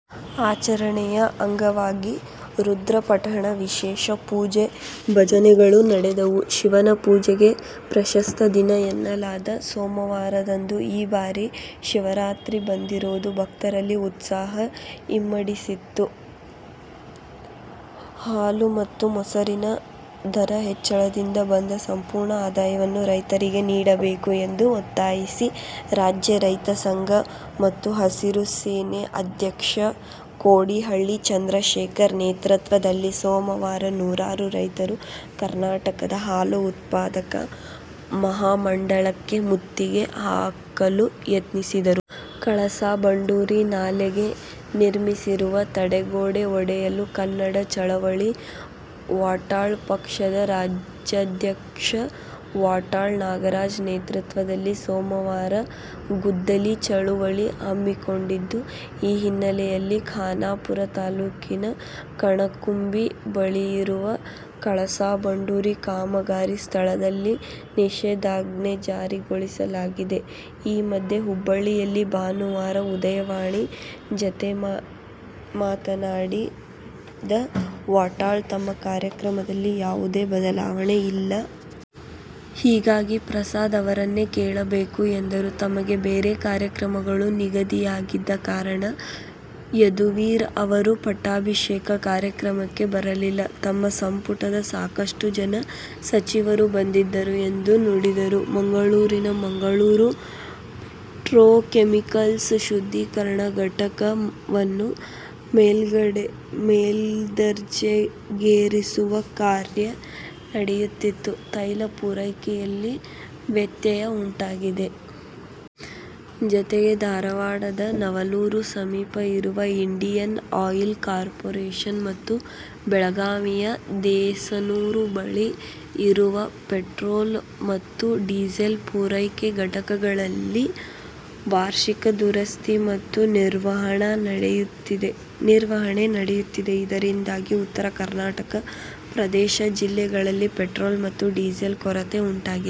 ಆಚರಣೆಯ ಅಂಗವಾಗಿ ರುದ್ರಪಠಣ, ವಿಶೇಷ ಪೂಜೆ, ಭಜನೆಗಳು ನಡೆದವು. ಶಿವನ ಪೂಜೆಗೆ ಪ್ರಶಸ್ತ ದಿನ ಎನ್ನಲಾದ ಸೋಮವಾರದಂದು ಈ ಬಾರಿ ಶಿವರಾತ್ರಿ ಬಂದಿರುವುದು ಭಕ್ತರಲ್ಲಿ ಉತ್ಸಾಹ ಇಮ್ಮಡಿಸಿತ್ತು. ಹಾಲು ಮತ್ತು ಮೊಸರಿನ ದರ ಹೆಚ್ಚಳದಿಂದ ಬಂದ ಸಂಪೂರ್ಣ ಆದಾಯವನ್ನು ರೈತರಿಗೆ ನೀಡಬೇಕು ಎಂದು ಒತ್ತಾಯಿಸಿ ರಾಜ್ಯ ರೈತ ಸಂಘ ಮತ್ತು ಹಸಿರು ಸೇನೆ ಅಧ್ಯಕ್ಷ ಕೋಡಿಹಳ್ಳಿ ಚಂದ್ರಶೇಖರ್ ನೇತೃತ್ವದಲ್ಲಿ ಸೋಮವಾರ ನೂರಾರು ರೈತರು ಕರ್ನಾಟಕ ಹಾಲು ಉತ್ಪಾದಕರ ಮಹಾಮಂಡಳ ಕ್ಕೆ ಮುತ್ತಿಗೆ ಹಾಕಲು ಯತ್ನಿಸಿದರು. ಕಳಸಾ-ಬಂಡೂರಿ ನಾಲೆಗೆ ನಿರ್ಮಿಸಿರುವ ತಡೆಗೋಡೆ ಒಡೆಯಲು ಕನ್ನಡ ಚಳವಳಿ ವಾಟಾಳ್ ಪಕ್ಷದ ರಾಜ್ಯಾಧ್ಯಕ್ಷ ವಾಟಾಳ್ ನಾಗರಾಜ್ ನೇತೃತ್ವದಲ್ಲಿ ಸೋಮವಾರ ಗುದ್ದಲಿ ಚಳವಳಿ ಹಮ್ಮಿಕೊಂಡಿದ್ದು, ಈ ಹಿನ್ನೆಲೆಯಲ್ಲಿ ಖಾನಾಪುರ ತಾಲೂಕಿನ ಕಣಕುಂಬಿ ಬಳಿಯಿರುವ ಕಳಸಾ-ಬಂಡೂರಿ ಕಾಮಗಾರಿ ಸ್ಥಳದಲ್ಲಿ ನಿಷೇಧಾಜ್ಞೆಜಾರಿಗೊಳಿಸಲಾಗಿದೆ. ಈ ಮಧ್ಯೆ, ಹುಬ್ಬಳ್ಳಿಯಲ್ಲಿ ಭಾನುವಾರ "ಉದಯವಾಣಿ' ಜತೆಮಾತನಾಡಿದ ವಾಟಾಳ್, ತಮ್ಮ ಕಾರ್ಯಕ್ರಮದಲ್ಲಿ ಯಾವುದೇ ಬದಲಾವಣೆ ಇಲ್ಲ. ಹೀಗಾಗಿ ಪ್ರಸಾದ್ ಅವರನ್ನೇ ಕೇಳಬೇಕು ಎಂದರು. ತಮಗೆ ಬೇರೆ ಕಾರ್ಯಕ್ರಮಗಳು ನಿಗದಿಯಾಗಿದ್ದ ಕಾರಣ ಯದುವೀರ ಅವರ ಪಟ್ಟಾಭಿಷೇಕ ಕಾರ್ಯಕ್ರಮಕ್ಕೆ ಬರಲಿಲ್ಲ. ತಮ್ಮ ಸಂಪುಟದ ಸಾಕಷ್ಟು ಜನ ಸಚಿವರು ಬಂದಿದ್ದರು ಎಂದು ನುಡಿದರು. ಮಂಗಳೂರಿನ ಮಂಗಳೂರು ಪೆಟ್ರೋಕೆಮಿಕಲ್ಸ್ ಶುದ್ಧೀಕರಣ ಘಟಕ ವನ್ನು ಮೇಲ್ದರ್ಜೆಗೇರಿಸುವ ಕಾರ್ಯ ನಡೆಯುತ್ತಿದ್ದು, ತೈಲ ಪೂರೈಕೆಯಲ್ಲಿ ವ್ಯತ್ಯಯ ಉಂಟಾಗಿದೆ. ಜತೆಗೆ, ಧಾರವಾಡದ ನವಲೂರು ಸಮೀಪ ಇರುವ ಇಂಡಿಯನ್ ಆಯಿಲ್ ಕಾರ್ಪೊರೆಷನ್ ಮತ್ತು ಬೆಳಗಾವಿಯ ದೇಸನೂರು ಬಳಿ ಇರುವ ಪೆಟ್ರೋಲ್ ಮತ್ತು ಡೀಸೆಲ್ ಪೂರೈಕೆ ಘಟಕಗಳಲ್ಲಿ ವಾರ್ಷಿಕ ದುರಸ್ತಿ ಮತ್ತು ನಿರ್ವಹಣೆ ನಡೆಯುತ್ತಿದೆ. ಇದರಿಂದಾಗಿ ಉತ್ತರ ಕರ್ನಾಟಕ ಪ್ರದೇಶದ ಜಿಲ್ಲೆಗಳಲ್ಲಿ ಪೆಟ್ರೋಲ್ ಮತ್ತು ಡೀಸೆಲ್ ಕೊರತೆ ಉಂಟಾಗಿದೆ.